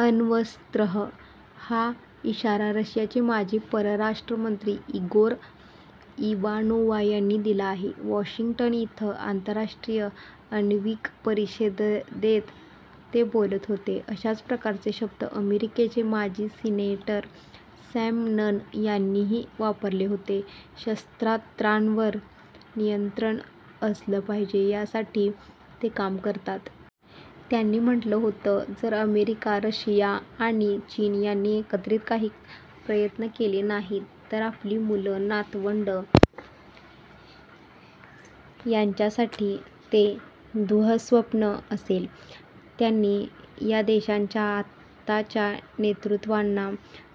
अण्वस्त्रं हा इशारा रशियाचे माजी परराष्ट्र मंत्री इगोर इवानोवा यांनी दिला आहे. वॉशिंग्टन इथं आंतरराष्ट्रीय अण्विक परिषदेत ते बोलत होते. अशाच प्रकारचे शब्द अमेरिकेचे माजी सिनेटर सॅम नन यांनीही वापरले होते. शस्त्रास्त्रांवर नियंत्रण असलं पाहिजे, यासाठी ते काम करतात. त्यांनी म्हटलं होत, जर अमेरिका, रशिया आणि चीन यांनी एकत्रित काही प्रयत्न केले नाहीत तर आपली मुलं, नातवंडं यांच्यासाठी ते दु:स्वप्न असेल. त्यांनी या देशांच्या आताच्या नेतृत्वांना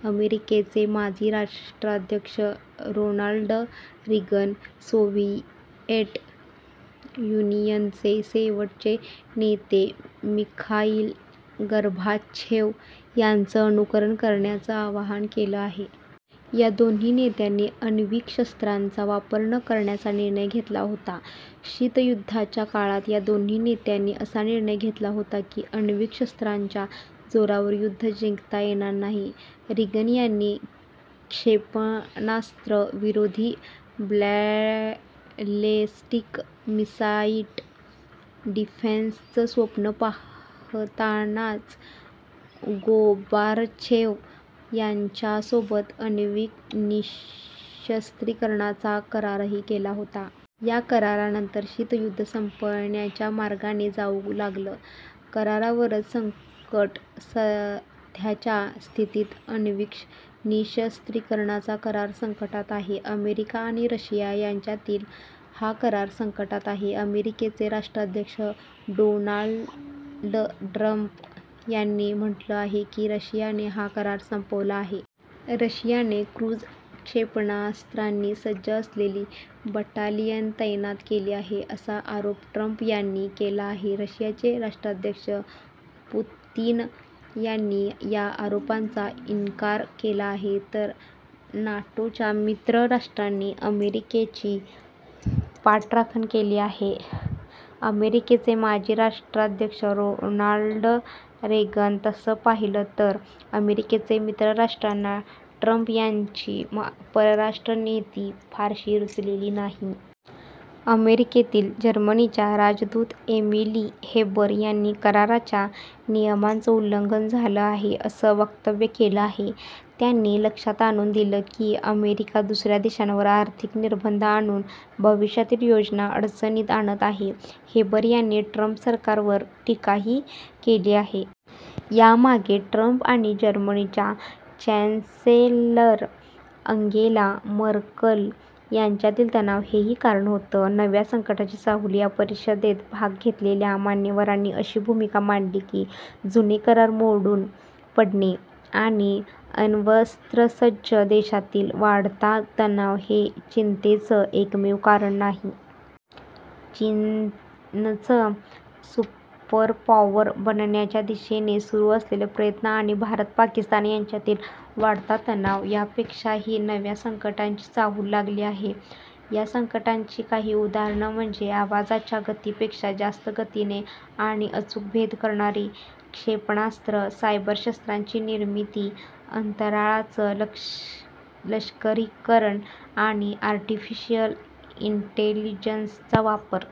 अमेरिकेचे माजी राष्ट्राध्यक्ष रोनाल्ड रीगन, सोव्हिएट युनियनचे शेवटचे नेते मिखाईल गर्बाचेव्ह यांचं अनुकरण करण्याचं आवाहन केलं आहे. या दोन्ही नेत्यांनी अण्विक शस्त्रांचा वापर न करण्याचा निर्णय घेतला होता. शीतयुद्धाच्या काळात या दोन्ही नेत्यांनी असा निर्णय घेतला होता की अण्विक शस्त्रांच्या जोरावर युद्ध जिंकता येणार नाही. रीगन यांनी क्षेपणास्त्र विरोधी बॅलेस्टिक मिसाईट डिफेन्सचं स्वप्न पाहतानाच गोर्बाचेव्ह यांच्यासोबत अण्विक निशस्त्रीकरणाचा करारही केला होता. या करारानंतर शीतयुद्ध संपण्याच्या मार्गाने जाऊ लागलं. करारावरच संकट सध्याच्या स्थितीत अण्विक निशस्त्रीकरणाचा करार संकटात आहे. अमेरिका आणि रशिया यांच्यातील हा करार संकटात आहे. अमेरिकेचे राष्ट्राध्यक्ष डोनाल्ड ट्रंप यांनी म्हटलं आहे की रशियाने हा करार संपवला आहे. रशियाने क्रुझ क्षेपणास्त्रांनी सज्ज असलेली बटालियन तैनात केली आहे, असा आरोप ट्रंप यांनी केला आहे. रशियाचे राष्ट्राध्यक्ष पुतिन यांनी या आरोपांचा इन्कार केला आहे. तर नाटोच्या मित्र राष्ट्रांनी अमेरिकेची पाठराखण केली आहे. अमेरिकेचे माजी राष्ट्राध्यक्ष रोनॉल्ड रेगन तसं पाहिलं तर अमेरिकेचे मित्र राष्ट्रांना ट्रंप यांची परराष्ट्र नीती फारशी रुचलेली नाही. अमेरिकेतील जर्मनीच्या राजदूत एमिली हेबर यांनी कराराच्या नियमांचं उल्लंघन झालं आहे, असं वक्तव्य केलं आहे. त्यांनी लक्षात आणून दिलं की अमेरिका दुसऱ्या देशांवर आर्थिक निर्बंध आणून भविष्यातील योजना अडचणीत आणत आहे. हेबर यांनी ट्रंप सरकारवर टीकाही केली आहे. यामागे ट्रंप आणि जर्मनीच्या चॅन्सेलर अंगेला मर्कल यांच्यातील तणाव हेही कारण होतं. नव्या संकटांची चाहुल या परिषदेत भाग घेतलेल्या मान्यवरांनी अशी भूमिका मांडली की जुने करार मोडून पडणे आणि अण्वस्त्रसज्ज देशांतील वाढता तणाव हे चिंतेचं एकमेव कारण नाही. चीनचं सुपरपॉवर बनण्याच्या दिशेने सुरू असलेले प्रयत्न आणि भारत-पाकिस्तान यांच्यातील वाढता तणाव यांपेक्षाही नव्या संकटांची चाहूल लागली आहे. या संकटांची काही उदाहरणं म्हणजे आवाजाच्या गतीपेक्षा जास्त गतीने आणि अचूक भेद करणारी क्षेपणास्त्र, सायबर शस्त्रांची निर्मिती, अंतराळाचं लष्करीकरण आणि आर्टिफिशिअल इंटेलिजन्सचा वापर